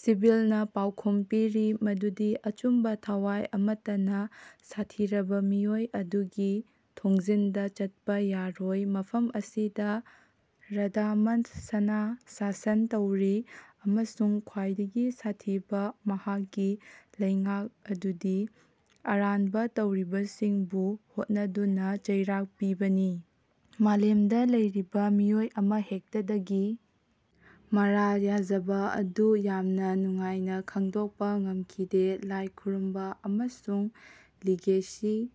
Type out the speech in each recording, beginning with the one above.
ꯁꯤꯕꯤꯜꯅ ꯄꯥꯎꯈꯨꯝ ꯄꯤꯔꯤ ꯃꯗꯨꯗꯤ ꯑꯆꯨꯝꯕ ꯊꯋꯥꯏ ꯑꯃꯠꯇꯅ ꯁꯥꯊꯤꯔꯕ ꯃꯤꯑꯣꯏ ꯑꯗꯨꯒꯤ ꯊꯣꯡꯖꯤꯟꯗ ꯆꯠꯄ ꯌꯥꯔꯣꯏ ꯃꯐꯝ ꯑꯁꯤꯗ ꯔꯥꯗꯥꯃꯟꯊꯁꯅ ꯁꯥꯁꯟ ꯇꯧꯔꯤ ꯑꯃꯁꯨꯡ ꯈ꯭ꯋꯥꯏꯗꯒꯤ ꯁꯥꯊꯤꯕ ꯃꯍꯥꯛꯀꯤ ꯂꯩꯉꯥꯛ ꯑꯗꯨꯗꯤ ꯑꯔꯥꯟꯕ ꯇꯧꯔꯤꯕꯁꯤꯡꯕꯨ ꯍꯣꯠꯅꯗꯨꯅ ꯆꯩꯔꯥꯛ ꯄꯤꯕꯅꯤ ꯃꯥꯂꯦꯝꯗ ꯂꯩꯔꯤꯕ ꯃꯤꯑꯣꯏ ꯑꯃꯍꯦꯛꯇꯗꯒꯤ ꯃꯔꯥꯜ ꯌꯥꯖꯕ ꯑꯗꯨ ꯌꯥꯝꯅ ꯅꯨꯡꯉꯥꯏꯅ ꯈꯪꯗꯣꯛꯄ ꯉꯝꯈꯤꯗꯦ ꯂꯥꯏ ꯈꯨꯔꯨꯝꯕ ꯑꯃꯁꯨꯡ ꯂꯤꯒꯦꯁꯤ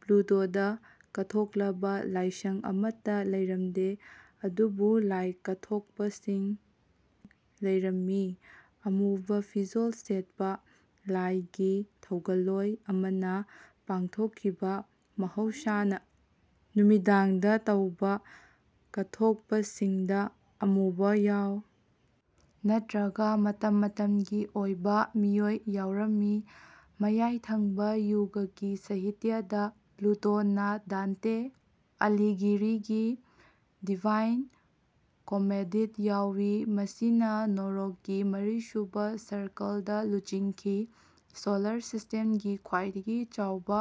ꯄ꯭ꯂꯨꯇꯣꯗ ꯀꯠꯊꯣꯛꯂꯕ ꯂꯥꯏꯁꯪ ꯑꯃꯠꯇ ꯂꯩꯔꯝꯗꯦ ꯑꯗꯨꯕꯨ ꯂꯥꯏ ꯀꯠꯊꯣꯛꯄꯁꯤꯡ ꯂꯩꯔꯝꯃꯤ꯫ ꯑꯃꯨꯕ ꯐꯤꯖꯣꯜ ꯁꯦꯠꯄ ꯂꯥꯏꯒꯤ ꯊꯧꯒꯜꯂꯣꯏ ꯑꯃꯅ ꯄꯥꯡꯊꯣꯛꯈꯤꯕ ꯃꯍꯧꯁꯥꯅ ꯅꯨꯃꯤꯗꯥꯡꯗ ꯇꯧꯕ ꯀꯠꯊꯣꯛꯄꯁꯤꯡꯗ ꯑꯃꯨꯕ ꯌꯥꯎ ꯅꯠꯇ꯭ꯔꯒ ꯃꯇꯝ ꯃꯇꯝꯒꯤ ꯑꯣꯏꯕ ꯃꯤꯑꯣꯏ ꯌꯥꯎꯔꯝꯃꯤ꯫ ꯃꯌꯥꯏ ꯊꯪꯕ ꯌꯨꯒꯀꯤ ꯁꯥꯍꯤꯇ꯭ꯌꯗ ꯄ꯭ꯂꯨꯇꯣꯅ ꯗꯥꯟꯇꯦ ꯑꯂꯤꯘꯤꯔꯤꯒꯤ ꯗꯤꯚꯥꯏꯟ ꯀꯣꯃꯦꯗꯤꯗ ꯌꯥꯎꯏ ꯃꯁꯤꯅ ꯅꯣꯔꯣꯛꯀꯤ ꯃꯔꯤꯁꯨꯕ ꯁꯔꯀꯜꯗ ꯂꯨꯆꯤꯡꯈꯤ꯫ ꯁꯣꯂꯔ ꯁꯤꯁ꯭ꯇꯦꯝꯒꯤ ꯈ꯭ꯋꯥꯏꯗꯒꯤ ꯆꯥꯎꯕ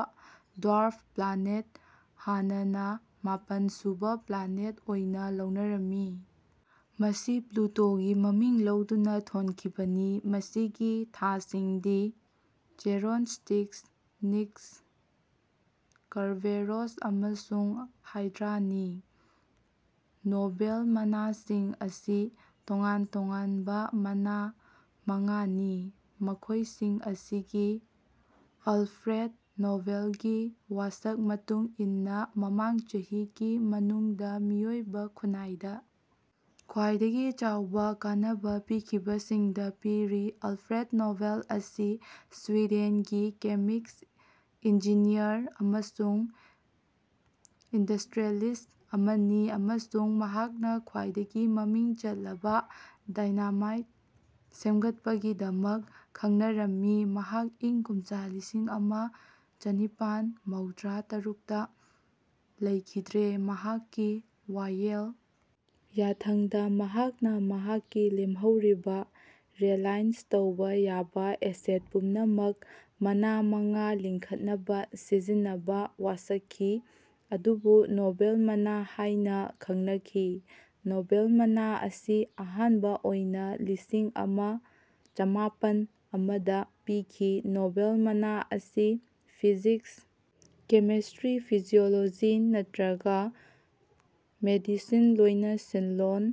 ꯗ꯭ꯋꯥꯔꯐ ꯄ꯭ꯂꯥꯅꯦꯠ ꯍꯥꯟꯅꯅ ꯃꯥꯄꯟ ꯁꯨꯕ ꯄ꯭ꯂꯥꯅꯦꯠ ꯑꯣꯏꯅ ꯂꯧꯅꯔꯝꯃꯤ ꯃꯁꯤ ꯄ꯭ꯂꯨꯇꯣꯒꯤ ꯃꯃꯤꯡ ꯂꯧꯗꯨꯅ ꯊꯣꯟꯈꯤꯕꯅꯤ ꯃꯁꯤꯒꯤ ꯊꯥꯁꯤꯡꯗꯤ ꯆꯦꯔꯣꯟ ꯁ꯭ꯇꯤꯛꯁ ꯅꯤꯛꯁ ꯀꯔꯕꯦꯔꯣꯁ ꯑꯃꯁꯨꯡ ꯍꯥꯏꯗ꯭ꯔꯥꯅꯤ꯫ ꯅꯣꯕꯦꯜ ꯃꯅꯥꯁꯤꯡ ꯑꯁꯤ ꯇꯣꯉꯥꯟ ꯇꯣꯉꯥꯅꯕꯥ ꯃꯅꯥ ꯃꯉꯥꯅꯤ, ꯃꯈꯣꯏꯁꯤꯡ ꯑꯁꯤ ꯒꯤ ꯑꯜꯐ꯭ꯔꯦꯗ ꯅꯣꯕꯦꯜꯒꯤ ꯋꯥꯁꯛ ꯃꯇꯨꯡ ꯏꯟꯅꯥ ꯃꯃꯥꯡ ꯆꯍꯤꯒꯤ ꯃꯅꯨꯡꯗꯥ ꯃꯤꯑꯣꯏꯕꯥ ꯈꯨꯅꯥꯏꯗ ꯈ꯭ꯋꯥꯏꯗꯒꯤ ꯆꯥꯎꯕꯥ ꯀꯥꯟꯅꯕꯥ ꯄꯤꯈꯤꯕꯁꯤꯡꯗꯥ ꯄꯤꯔꯤ꯫ ꯑꯜꯐ꯭ꯔꯦꯗ ꯅꯣꯕꯦꯜ ꯑꯁꯤ ꯁ꯭ꯋꯤꯗꯦꯟꯒꯤ ꯀꯦꯃꯤꯁ꯭ꯠ ꯏꯟꯖꯤꯅꯤꯌꯔ ꯑꯃꯁꯨꯡ ꯏꯟꯗꯁ꯭ꯠꯔꯤꯌꯦꯂꯤꯁ꯭ꯠ ꯑꯃꯅꯤ ꯑꯃꯁꯨꯡ ꯃꯍꯥꯛꯅꯥ ꯈ꯭ꯋꯥꯏꯗꯒꯤ ꯃꯃꯤꯡ ꯆꯠꯂꯕꯥ ꯗꯥꯏꯅꯥꯃꯥꯏꯠ ꯁꯦꯝꯒꯠꯄꯒꯤꯗꯃꯛ ꯈꯪꯅꯔꯝꯃꯤ꯫ ꯃꯍꯥꯛ ꯏꯪ ꯀꯨꯝꯖ ꯂꯤꯁꯤꯡ ꯑꯃ ꯆꯅꯤꯄꯥꯟ ꯃꯧꯗ꯭ꯔꯥ ꯇꯔꯨꯛꯇ ꯂꯩꯈꯤꯗ꯭ꯔꯦ꯫ ꯃꯍꯥꯛꯀꯤ ꯋꯥꯌꯦꯜ ꯌꯥꯊꯪꯗꯥ ꯃꯍꯥꯛꯅꯥ ꯃꯍꯥꯛꯀꯤ ꯂꯦꯝꯍꯧꯔꯤꯕꯥ ꯔꯤꯑꯦꯂꯥꯏꯖ ꯇꯧꯕꯥ ꯌꯥꯕꯥ ꯑꯦꯁꯦꯠ ꯄꯨꯝꯅꯃꯛ ꯃꯅꯥ ꯃꯉꯥ ꯂꯤꯡꯈꯠꯅꯕꯥ ꯁꯤꯖꯤꯟꯅꯅꯕꯥ ꯋꯥꯁꯛꯈꯤ ꯃꯗꯨꯕꯨ ꯅꯣꯕꯦꯜ ꯃꯅꯥ ꯍꯥꯏꯅꯥ ꯈꯪꯅꯈꯤ꯫ ꯅꯣꯕꯦꯜ ꯃꯅꯥ ꯑꯁꯤ ꯑꯍꯥꯟꯕꯥ ꯑꯣꯏꯅꯥ ꯂꯤꯁꯤꯡ ꯑꯃ ꯆꯃꯥꯄꯟ ꯑꯃꯗ ꯄꯤꯈꯤ꯫ ꯅꯣꯕꯦꯜ ꯃꯅꯥ ꯑꯁꯤ ꯐꯤꯖꯤꯛꯁ ꯀꯦꯃꯤꯁ꯭ꯠꯇ꯭ꯔꯤ ꯐꯤꯖꯤꯑꯣꯂꯣꯖꯤ ꯅꯠꯔꯒꯥ ꯃꯦꯗꯤꯁꯤꯟ ꯂꯣꯏꯅꯁꯤꯜꯂꯣꯟ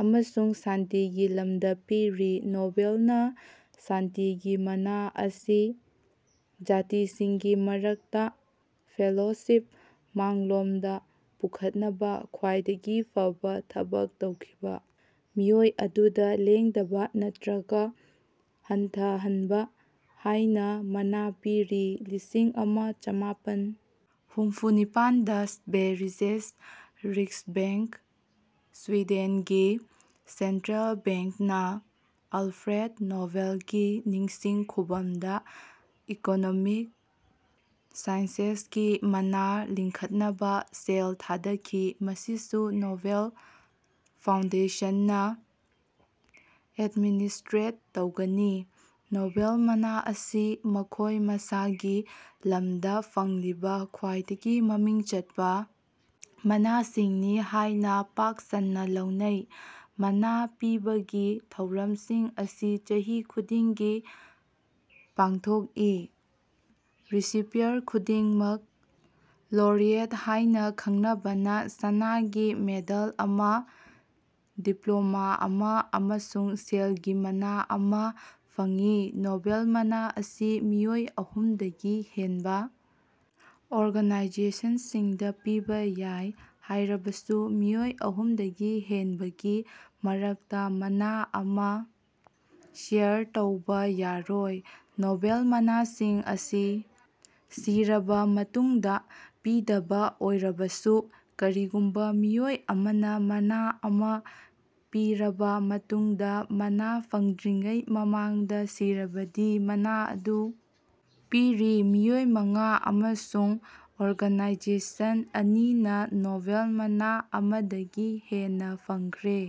ꯑꯃꯁꯨꯡ ꯁꯥꯟꯇꯤꯒꯤ ꯂꯝꯗꯥ ꯄꯤꯔꯤ꯫ ꯅꯣꯕꯦꯜꯅꯥ ꯁꯥꯟꯇꯤꯒꯤ ꯃꯅꯥ ꯑꯁꯤ ꯖꯥꯇꯤꯁꯤꯡꯒꯤ ꯃꯔꯛꯇꯥ ꯐꯦꯂꯣꯁꯤꯞ ꯃꯥꯡꯂꯣꯝꯗꯥ ꯄꯨꯈꯠꯅꯕꯥ ꯈ꯭ꯋꯥꯏꯗꯒꯤ ꯐꯕꯥ ꯊꯕꯛ ꯇꯧꯈꯤꯕꯥ ꯃꯤꯑꯣꯏ ꯑꯗꯨꯗꯥ ꯂꯦꯡꯗꯕꯥ ꯅꯠꯇ꯭ꯔꯒꯥ ꯍꯟꯊꯍꯟꯕꯥ ꯍꯥꯏꯅꯥ ꯃꯅꯥ ꯄꯤꯔꯤ꯫ ꯂꯤꯁꯤꯡ ꯑꯃ ꯆꯃꯥꯄꯟ ꯍꯨꯝꯐꯨ ꯅꯤꯄꯥꯟꯗ ꯁ꯭ꯕꯦꯔꯤꯖꯦꯁ ꯔꯤꯛꯁꯕꯦꯉ꯭ꯛ ꯁ꯭ꯋꯤꯗꯦꯟꯒꯤ ꯁꯦꯟꯇ꯭ꯔꯦꯜ ꯕꯦꯡꯛ ꯅꯥ ꯑꯜꯐ꯭ꯔꯦꯗ ꯅꯣꯕꯦꯜꯒꯤ ꯅꯤꯡꯁꯤꯡ ꯈꯨꯚꯝꯗꯥ ꯏꯀꯣꯅꯣꯃꯤꯛ ꯁꯥꯏꯟꯁꯦꯁꯀꯤ ꯃꯅꯥ ꯂꯤꯡꯈꯠꯅꯕꯥ ꯁꯦꯜ ꯊꯥꯗꯈꯤ ꯃꯁꯤꯁꯨ ꯅꯣꯕꯦꯜ ꯐꯥꯎꯟꯗꯦꯁꯟꯅꯥ ꯑꯦꯗꯃꯤꯅꯤꯁ꯭ꯠꯇ꯭ꯔꯦꯠ ꯇꯧꯒꯅꯤ꯫ ꯅꯣꯕꯦꯜ ꯃꯅꯥ ꯑꯁꯤ ꯃꯈꯣꯏ ꯃꯁꯥꯒꯤ ꯂꯝꯗꯥ ꯐꯪꯂꯤꯕꯥ ꯈ꯭ꯋꯥꯏꯗꯒꯤ ꯃꯃꯤꯡ ꯆꯠꯄꯥ ꯃꯅꯥꯁꯤꯡꯅꯤ ꯍꯥꯏꯅꯥ ꯄꯥꯛ ꯁꯟꯅꯥ ꯂꯧꯅꯩ꯫ ꯃꯅꯥ ꯄꯤꯕꯒꯤ ꯊꯧꯔꯝꯁꯤꯡ ꯑꯁꯤ ꯆꯍꯤ ꯈꯨꯗꯤꯡꯒꯤ ꯄꯥꯡꯊꯣꯛꯏ꯫ ꯔꯤꯁꯤꯄꯤꯌꯔ ꯈꯨꯗꯤꯡꯃꯛ ꯂꯣꯔꯤꯑꯦꯠ ꯍꯥꯏꯅꯥ ꯈꯪꯅꯕꯥꯅꯥ ꯁꯅꯥꯒꯤ ꯃꯦꯗꯜ ꯑꯃꯥ ꯗꯤꯄ꯭ꯂꯣꯃꯥ ꯑꯃꯥ ꯑꯃꯁꯨꯡ ꯁꯦꯜꯒꯤ ꯃꯅꯥ ꯑꯃꯥ ꯐꯪꯏ꯫ ꯅꯣꯕꯦꯜ ꯃꯅꯥ ꯑꯁꯤ ꯃꯤꯑꯣꯏ ꯑꯍꯨꯝꯗꯒꯤ ꯍꯦꯟꯕꯥ ꯑꯣꯔꯒꯅꯥꯏꯖꯦꯁꯟꯁꯤꯡꯗꯥ ꯄꯤꯕꯥ ꯌꯥꯏ ꯍꯥꯏꯔꯕꯁꯨ ꯃꯤꯑꯣꯏ ꯑꯍꯨꯝꯗꯒꯤ ꯍꯦꯟꯕꯒꯤ ꯃꯔꯛꯇꯥ ꯃꯅꯥ ꯑꯃꯥ ꯁꯦꯌꯔ ꯇꯧꯕꯥ ꯌꯥꯔꯣꯏ꯫ ꯅꯣꯕꯦꯜ ꯃꯅꯥꯁꯤꯡ ꯑꯁꯤ ꯁꯤꯔꯕꯥ ꯃꯇꯨꯡꯗꯥ ꯄꯤꯗꯕꯥ ꯑꯣꯏꯔꯕꯁꯨ ꯀꯔꯤꯒꯨꯝꯕꯥ ꯃꯤꯑꯣꯏ ꯑꯃꯅꯥ ꯃꯅꯥ ꯑꯃꯥ ꯄꯤꯔꯕꯥ ꯃꯇꯨꯡꯗꯥ ꯃꯅꯥ ꯐꯪꯗ꯭ꯔꯤꯉꯩ ꯃꯃꯥꯡꯗꯥ ꯁꯤꯔꯕꯗꯤ ꯃꯅꯥ ꯑꯗꯨ ꯄꯤꯔꯤ꯫ ꯃꯤꯑꯣꯏ ꯃꯉꯥ ꯑꯃꯁꯨꯡ ꯑꯣꯔꯒꯅꯥꯏꯖꯦꯁꯟ ꯑꯅꯤꯅꯥ ꯅꯣꯕꯦꯜ ꯃꯅꯥ ꯑꯃꯗꯒꯤ ꯍꯦꯟꯅꯥ ꯐꯪꯈ꯭ꯔꯦ꯫